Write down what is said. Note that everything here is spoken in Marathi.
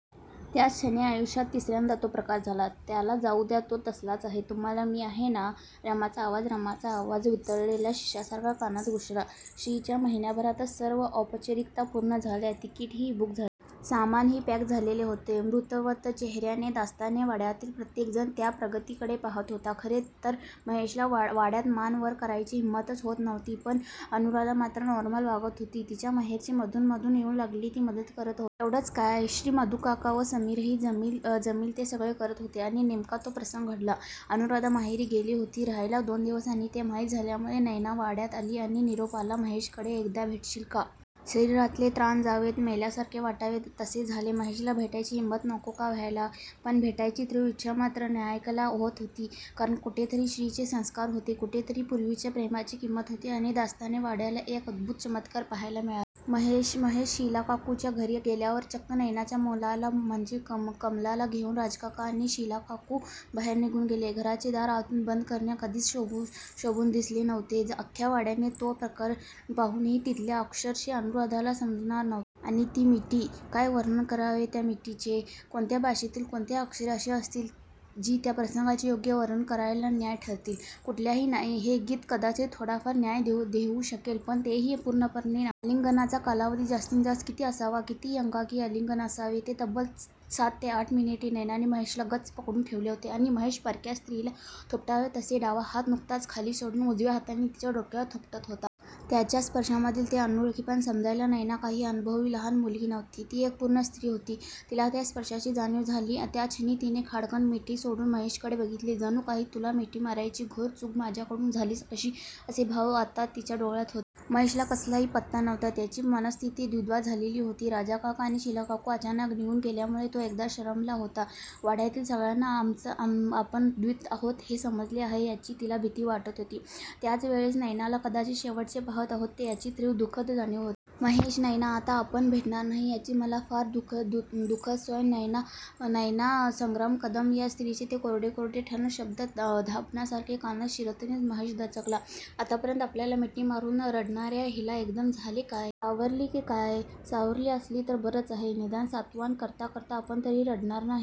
त्याच क्षणी आयुष्यात तिसर्यांदा तो प्रकार झाला. त्याला जाऊ द्या. तो तसलाच आहे. तुम्हाला मी आहे ना? रमाचा आवाज रमाचा आवाज वितळलेल्या शिशासारखा कानात घुसला श्रीच्या! महिन्याभरातच सर्व औपचारिकता पूर्ण झाल्या. तिकीटेही बूक झाली. सामानही पॅक झालेले होते. मृतवत चेहर्याने दास्ताने वाड्यातील प्रत्येक जण त्या प्रगतीकडे पाहात होता. खरे तर महेशला वाड्यात मान वर करायची हिम्मतच होत नव्हती. पण अनुराधा मात्र नॉर्मल वागत होती. तिच्या माहेरचे मधून मधून येऊन लागेल ती मदत करतच होते. एवढेच काय? श्री, मधूकाका व समीरही जमेल ते सगळे करत होते आणि नेमका तो प्रसंग घडला. अनुराधा माहेरी गेली होती राहायला दोन दिवस आणि ते माहीत झाल्यामुळे नैना वाड्यात आली आणि निरोप आला महेशकडे एकदा भेटशील का? शरीरातले त्राण जावेत, मेल्यासारखे वाटावे तसे झाले महेशला भेटायची हिम्मत नको का व्हायला? पण भेटायची तीव्र इच्छा मात्र नालायकाला होत होती कारण कुठेतरी श्रीचे संस्कार होते. कुठेतरी पुर्वीच्या प्रेमाची किंमत होती आणि दास्ताने वाड्याला एक अद्भुत चमत्कार पाहायला मिळाला. महेश शीलाकाकूच्या घरी गेल्यावर चक्क नैनाच्या मुलाला म्हणजे कमलला घेऊन राजाकाका आणि शीलाकाकू बाहेर निघून गेले. घराचे दार आतून बंद करणे कधीच शोभून दिसले नव्हते. अख्ख्या वाड्याने तो प्रकार पाहूनही त्यातले अक्षरही अनुराधाला समजणार नव्हते. आणि ती मिठी? काय वर्णन करावे त्या मिठीचे? कोणत्या भाषेतील कोणती अक्षरे अशी असतील जी त्या प्रसंगाचे योग्य वर्णन करायला न्याय्य ठरतील? कुठल्याही नाही. हे गीत कदाचित थोडाफार न्याय देऊ शकेल पण तेही पूर्णपणे नाहीच! आलिंगनाचा कालावधी जास्तीत जास्त किती असावा? किती एकांगी आलिंगन असावे ते? तब्बल सात ते आठ मिनिटे नैनाने महेशला गच्च पकडून ठेवले होते आणि महेश परक्या स्त्रीला थोपटावे तसे डावा हात नुसताच खाली सोडून उजव्या हाताने तिच्या डोक्यावर थोपटत होता. त्याच्या स्पर्शामधले ते अनोळखीपण समजायला नैना काही अननुभवी लहान मुलगी नव्हती. ती एक पूर्ण स्त्री होती. तिला त्या स्पर्शाची जाणीव झाली त्या क्षणी तिने खाडकन मिठी सोडून महेशकडे बघितले. जणू काही तुला मिठी मारण्याची घोर चूक माझ्याकडून झालीच कशी असे भाव आता तिच्या डोळ्यात होते. महेशला कसलाही पत्ता नव्हता. त्याची मनस्थिती द्विधा झालेली होती. राजाकाका आणि शीलाकाकू अचानक निघून गेल्यामुळे तो एकदम शरमला होता. वाड्यातील सगळ्यांना आपण द्घेच आहोत हे समजले आहे याची त्याला भीती वाटत होती. त्याचवेळेस नैनाला कदाचित शेवटचे पाहात आहोत याची तीव्र दु:खद जाणीव होती. महेश, नैना आता आपण भेटणार नाही याचे मला मला फार दु सौ. नैना संग्राम कदम या स्त्रीचे ते कोरडे कोरडे ठण्ण शब्द दाभणासारखे कानात शिरताक्षणीच महेश दचकला. आत्तापर्यंत आपल्याला मिठी मारून रडणार्या हिला एकदम काय झाले? सावरली की काय? सावरली असली तर बरंच आहे. निदान सांत्वन करता करता आपण तरी रडणार नाही.